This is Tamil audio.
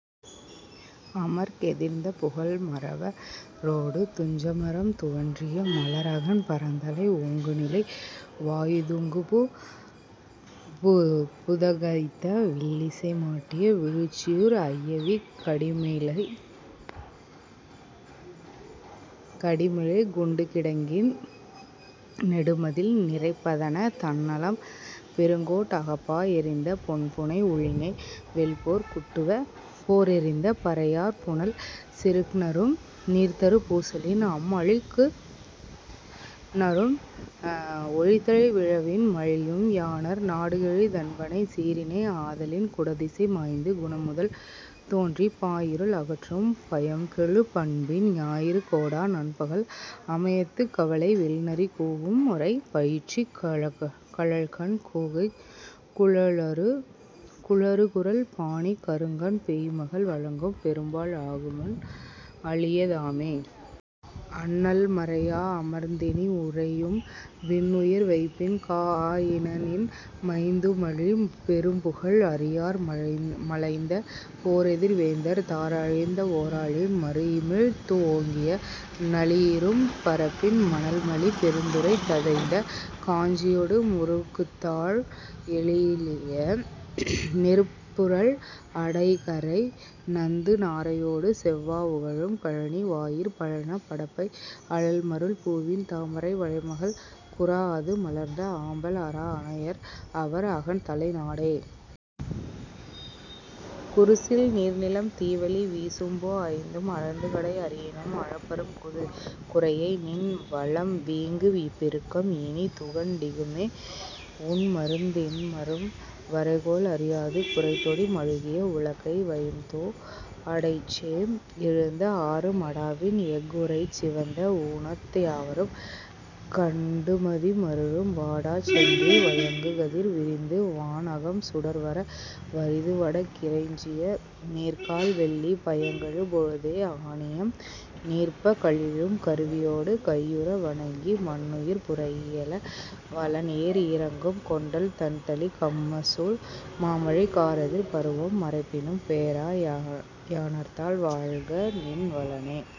அமர்க்எதிர்ந்த புகல்மறவ ரொடு துஞ்சுமரம் துவன்றிய மலர்அகன் பறந்தலை ஓங்குநிலை வாயிதூங்குபு தகைத்த வில்லிசை மாட்டிய விழுச்சீர் ஐயவிக் கடிமிளைக் குண்டுகிடங்கின் நெடுமதில் நிரைப்பதணத் தண்ணலம் பெருங்கோட் அகப்பா எறிந்த பொன்புனை உழிஞை வெல்போர்க் குட்டுவ போர்த்எறிந்த பறையாற் புனல்செறுக் குநரும் நீர்த்தரு பூசலின் அம்அழிக்கு நரும் ஒலித்தலை விழவின் மலியும் யாணர் நாடுகெழு தண்பனை சீறினை ஆதலின் குடதிசை மாய்ந்து குணம்முதல் தோன்றிப் பாய்இருள் அகற்றும் பயம்கெழு பண்பின் ஞாயிறு கோடா நன்பகல் அமயத்துக் கவலை வெள்நரி கூஉம்முறை பயிற்றிக் கழல்கண் கூகைக் குழறுகுரல் பாணிக் கருங்கண் பேய்மகள் வழங்கும் பெரும்பாழ் ஆகுமன் அளிய தாமே. அண்ணல் மரைஆ அமர்ந்இனி உறையும் விண்உயர் வைப்பின காஆ யினநின் மைந்துமலி பெரும்புகழ் அறியார் மலைந்த போர்எதிர் வேந்தர் தார்அழிந் ஒராலின் மருஇமிழ்ந் ஓங்கிய நளிஇரும் பரப்பின் மணல்மலி பெருந்துறைத் ததைந்த காஞ்சி யொடு முருக்குத்தாழ் எழிலிய நெருப்புறழ் அடைகரை நந்து நாரையொடு செவ்வா உகளும் கழனி வாயிற் பழனப் படப்பை அழல்மருள் பூவின் தாமரை வளைமகள் குறாஅது மலர்ந்த ஆம்பல் அறாஅ யாணர்அவர் அகன்தலை நாடே. குருசில் நீர்நிலம் தீவளி விசும்போ ஐந்தும் அளந்துகடை அறியினும் அளப்பரும் குரையைநின் வளம்வீங்கு பெருக்கம் இனிதுகண் டிகுமே உண்மருந் இன்மரும் வரைகோள் அறியாது குரைத்தொடி மழுகிய உலக்கை வயின்தோ அடைச்சேம் எழுந்த ஆறு மடாவின் எஃஉறச் சிவந்த ஊனத் யாவரும் கண்டுமதி மருளும் வாடாச் சொன்றி வயங்குகதிர் விரிந்து வான்அகம் சுடர்வர வறிதுவடக் இறைஞ்சிய சீர்கால் வெள்ளி பயங்கெழு பொழுதோ ஆநியம் நிற்பக் கலிழும் கருவியொடு கையுற வணங்கி மன்னுயிர் புரைஇய வலன்ஏர் இரங்கும் கொண்டல் தண்தளிக் கமம்சூல் மாமழை கார்எதிர் பருவம் மறப்பினும் பேரா யாணர்த்தால் வாழ்கநின் வளனே.